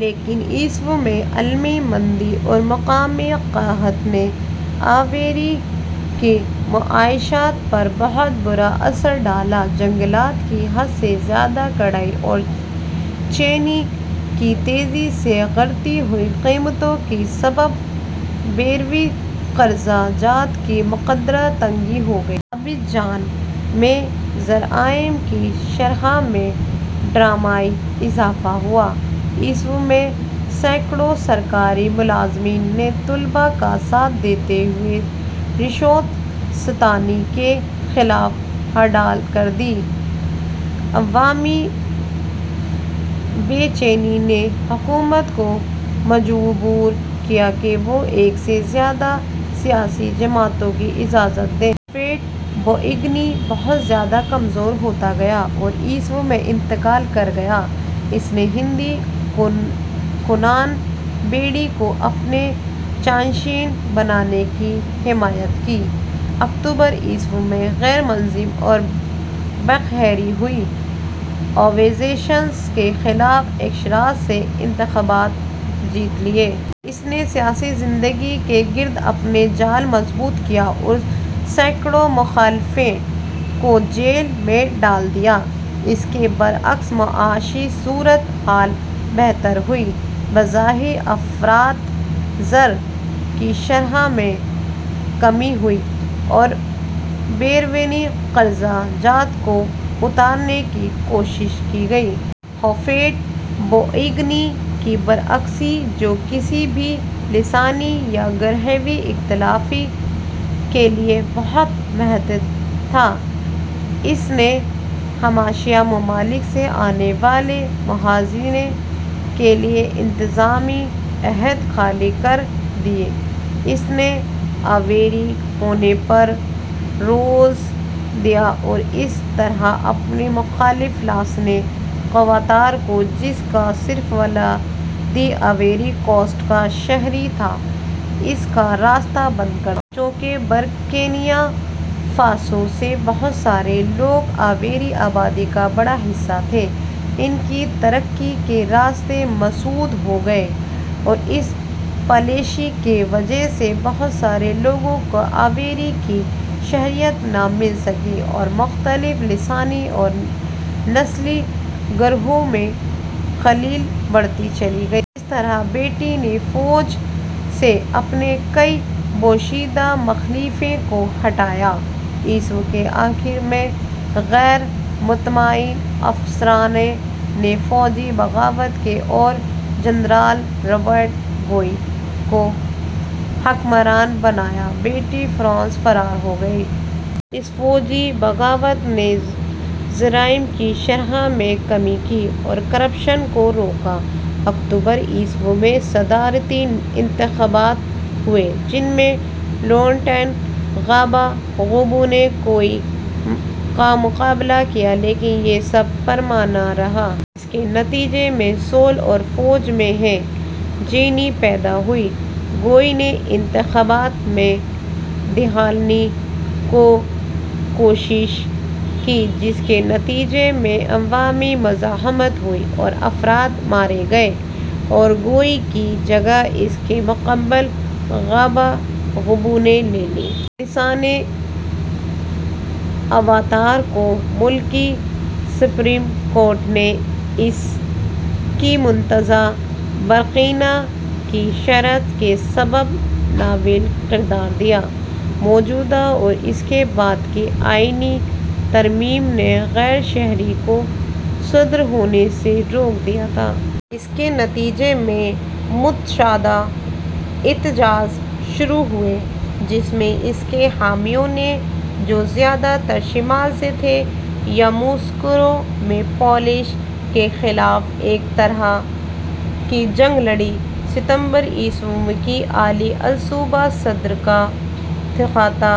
لیکن ء میں عالمی مندی اور مقامی قحط نے آئیوری کی معیشت پر بہت برا اثر ڈالا۔ جنگلات کی حد سے زیادہ کٹائی اور چینی کی تیزی سی گرتی ہوئی قیمتوں کے سبب بیرونی قرضہ جات کی مقدار تگنی ہو گئی۔ عابدجان میں جرائم کی شرح میں ڈرامائی اضافہ ہوا۔ ء میں سینکڑوں سرکاری ملازمین نے طلبہ کا ساتھ دیتے ہوئے رشوت ستانی کے خلاف ہڑتال کردی۔ عوامی بے چینی نے حکومت کو مجبور کیا کہ وہ ایک سے زیادہ سیاسی جماعتوں کی اجازت دے۔ ہوفویٹ-بوئیگنی بہت زیادہ کمزور ہوتا گیا اور ء میں انتقال کر گیا۔ اس نے ہنری کونان بیڈی کو اپنے جانشین بنانے کی حمایت کی۔ اکتوبر ء میں غیر منظم اور بکھری ہوئی اپوزیشن کے خلاف اکثریت سے انتخابات جیت لیے۔ اس نے سیاسی زندگی کے گرد اپنا جال مضبوط کیا اور سینکڑوں مخالفین کو جیل میں ڈال دیا۔ اس کے برعکس معاشی صورت حال بہتر ہوئی اور بظاہر افراط زر کی شرح میں کمی ہوئی اور بیرونی قرضہ جات کو اتارنے کی کوشش کی گئی۔ ہوفویٹ-بوئیگنی کے برعکس، جو کسی بھی لسانی یا گروہی اختلاف کے لیے بہت محتاط تھا، اس نے ہمسائیہ ممالک سے آنے والے مہاجرین کے لیے انتظامی عہدے خالی کر دیے۔ اس نے آئیوری ہونے پر زور دیا اور اس طرح اپنے مخالف الاسانے قوارتارا کو جس کا صرف والد آئیوری کوسٹ کا شہری تھا، کا راستہ بند کر دیا۔ چونکہ برکینا فاسو سے بہت سارے لوگ آئیوری آبادی کا بڑا حصہ تھے، ان کی ترقی کے راستے مسدود ہو گئے اور اس پالیسی کی وجہ سے بہت سارے لوگوں کو آئیوری کی شہریت نہ مل سکی اور مختلف لسانی اور نسلی گروہوں میں خلیج بڑھتی چلی گئی۔ اسی طرح بیڈی نے فوج سے اپنے کئی پوشیدہ مخالفین کو ہٹایا۔ ء کے آخر میں غیر مطمئن افسران نے فوجی بغاوت کی اور جنرل رابرٹ گوئی کو حکمران بنایا۔ بیڈی فرانس فرار ہو گیا۔ اس فوجی بغاوت نے جرائم کی شرح میں کمی کی اور کرپشن کو روکا۔ اکتوبر ء میں صدارتی انتخابات ہوئے جن میں لاورنٹ گباگبو نے گوئی کا مقابلہ کیا لیکن یہ سب پرامن رہا۔ اس کے نتیجے میں سول اور فوج میں بے چینی پیدا ہوئی۔ گوئی نے انتخابات میں دھاندلی کی کوشش کی جس کے نتیجے میں عوامی مزاحمت ہوئی اور افراد مارے گئے اور گوئی کی جگہ اس کے مقابل گباگبو نے لے لی۔ الاسانے اواتارا کو ملکی سپریم کورٹ نے اس کی متنازع برکینابے کی شہریت کے سبب نااہل قرار دیا۔ موجود اور اس کے بعد کی آئینی ترامیم نے غیر شہری کو صدر ہونے سے روک دیا تھا۔ اس کے نتیجے میں متشدد احتجاج شروع ہوئے جس میں اس کے حامیوں نے جو زیادہ تر شمال سے تھے، یاموسوکرو میں پولیس کے خلاف ایک طرح کی جنگ لڑی۔ ستمبر ء کی علی الصبح صدر کا تختہ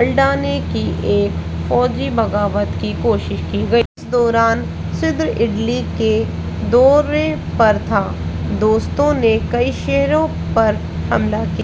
الٹنے کی ایک فوجی بغاوت کی کوشش کی گئی۔ اس دوران صدر اٹلی کے دورے پر تھا۔ دستوں نے کئی شہروں پر حملہ کیا۔